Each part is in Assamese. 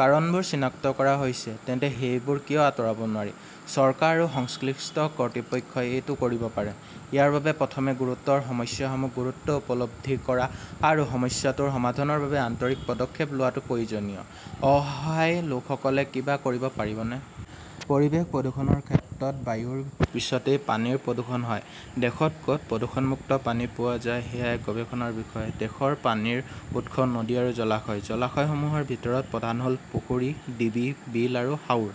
কাৰণবোৰ চিনাক্ত কৰা হৈছে, তেন্তে সেইবোৰ কিয় আঁতৰাব নোৱাৰি? চৰকাৰ আৰু সংশ্লিষ্ট কৰ্তৃপক্ষই এইটো কৰিব পাৰে। ইয়াৰ বাবে প্ৰথমে গুৰুতৰ সমস্যাটোৰ গুৰুত্ব উপলব্ধি কৰা আৰু সমস্যাটো সমাধানৰ বাবে আন্তৰিক পদক্ষেপ লোৱাটো প্ৰয়োজনীয়। অসহায় লোকসকলে কিবা কৰিব পাৰিবনে? পৰিৱেশ প্ৰদূষণৰ ক্ষেত্ৰত বায়ুৰ পিছতে পানীৰ প্ৰদূষণ হয়। দেশত ক'ত প্ৰদূষণমুক্ত পানী পোৱা যায় সেয়া এক গৱেষণাৰ বিষয়। দেশৰ পানীৰ উৎস নদী আৰু জলাশয়। জলাশয়সমূহৰ ভিতৰত প্ৰধান হ'ল পুখুৰী, ঢিবি, বিল আৰু হাওৰ।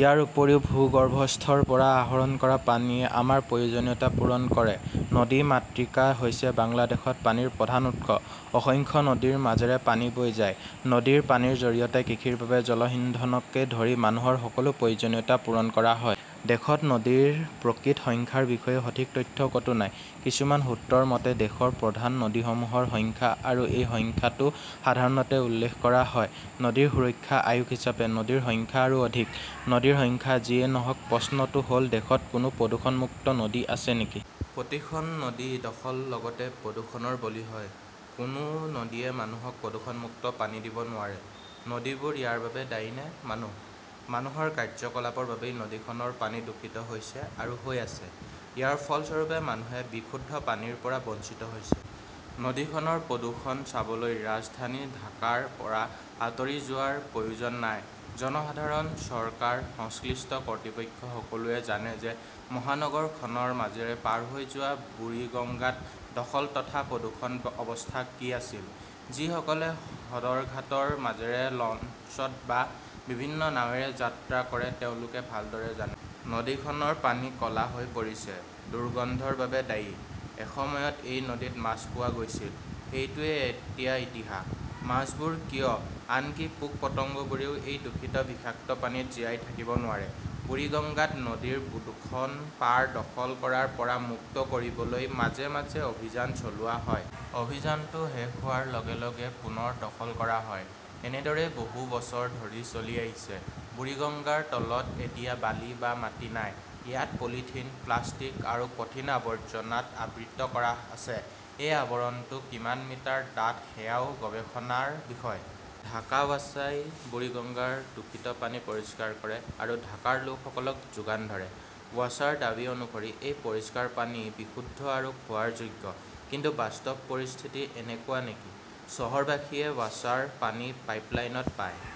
ইয়াৰ উপৰিও ভূগৰ্ভস্থ পৰা আহৰণ কৰা পানীয়ে আমাৰ প্ৰয়োজনীয়তা পূৰণ কৰে। নদী মাতৃকা হৈছে বাংলাদেশত পানীৰ প্ৰধান উৎস। অসংখ্য নদীৰ মাজেৰে পানী বৈ যায়। নদীৰ পানীৰ জৰিয়তে কৃষিৰ বাবে জলসিঞ্চনকে ধৰি মানুহৰ সকলো প্ৰয়োজনীয়তা পূৰণ কৰা হয়। দেশত নদীৰ প্ৰকৃত সংখ্যাৰ বিষয়ে সঠিক তথ্য ক'তো নাই। কিছুমান সূত্ৰৰ মতে, দেশৰ প্ৰধান নদীসমূহৰ সংখ্যা আৰু এই সংখ্যাটো সাধাৰণতে উল্লেখ কৰা হয়। নদী সুৰক্ষা আয়োগ হিচাপে নদীৰ সংখ্যা আৰু অধিক। নদীৰ সংখ্যা যিয়েই নহওঁক, প্ৰশ্নটো হ'ল দেশত কোনো প্ৰদূষণমুক্ত নদী আছে নেকি? প্ৰতিখন নদী দখল লগতে প্ৰদূষণৰ বলি হয়। কোনো নদীয়ে মানুহক প্ৰদূষণমুক্ত পানী দিব নোৱাৰে। নদীবোৰ ইয়াৰ বাবে দায়ী নে মানুহ? মানুহৰ কাৰ্যকলাপৰ বাবেই নদীখনৰ পানী দূষিত হৈছে আৰু হৈ আছে। ইয়াৰ ফলস্বৰূপে মানুহে বিশুদ্ধ পানীৰ পৰা বঞ্চিত হৈছে। নদীখনৰ প্ৰদূষণ চাবলৈ ৰাজধানী ঢাকাৰ পৰা আঁতৰি যোৱাৰ প্ৰয়োজন নাই। জনসাধাৰণ, চৰকাৰ, সংশ্লিষ্ট কৰ্তৃপক্ষ সকলোৱে জানে যে মহানগৰখনৰ মাজেৰে পাৰ হৈ যোৱা বুৰিগংগাত দখল তথা প্ৰদূষণৰ অৱস্থা কি আছিল। যিসকলে সদৰঘাটৰ মাজেৰে লঞ্চত বা বিভিন্ন নাৱেৰে যাত্ৰা কৰে তেওঁলোকে ভালদৰে জানে। নদীখনৰ পানী ক'লা হৈ পৰিছে, দুৰ্গন্ধৰ বাবে দায়ী। এসময়ত এই নদীত মাছ পোৱা গৈছিল। সেইটোৱেই এতিয়া ইতিহাস। মাছবোৰ কিয়, আনকি পোক-পতংগবোৰেও এই দূষিত বিষাক্ত পানীত জীয়াই থাকিব নোৱাৰে। বুৰিগঙ্গাত নদীৰ দুখন পাৰ দখল কৰাৰ পৰা মুক্ত কৰিবলৈ মাজে মাজে অভিযান চলোৱা হয়। অভিযানটো শেষ হোৱাৰ লগে লগে পুনৰ দখল কৰা হয়। এনেদৰেই বহু বছৰ ধৰি চলি আহিছে। বুৰিগঙ্গাৰ তলত এতিয়া বালি বা মাটি নাই। ইয়াত পলিথিন, প্লাষ্টিক আৰু কঠিন আৱৰ্জনাত আবৃত কৰা আছে। এই আৱৰণটো কিমান মিটাৰ ডাঠ সেয়াও গৱেষণাৰ বিষয়। ঢাকা ৱাছাই বুৰিগঙ্গাৰ দূষিত পানী পৰিষ্কাৰ কৰে আৰু ঢাকাৰ লোকসকলক যোগান ধৰে। ৱাছাৰ দাবী অনুসৰি এই পৰিষ্কাৰ পানী বিশুদ্ধ আৰু খোৱাৰ যোগ্য। কিন্তু বাস্তৱ পৰিস্থিতি এনেকুৱা নেকি? চহৰবাসীয়ে ৱাসাৰ পানী পাইপলাইনত পায়।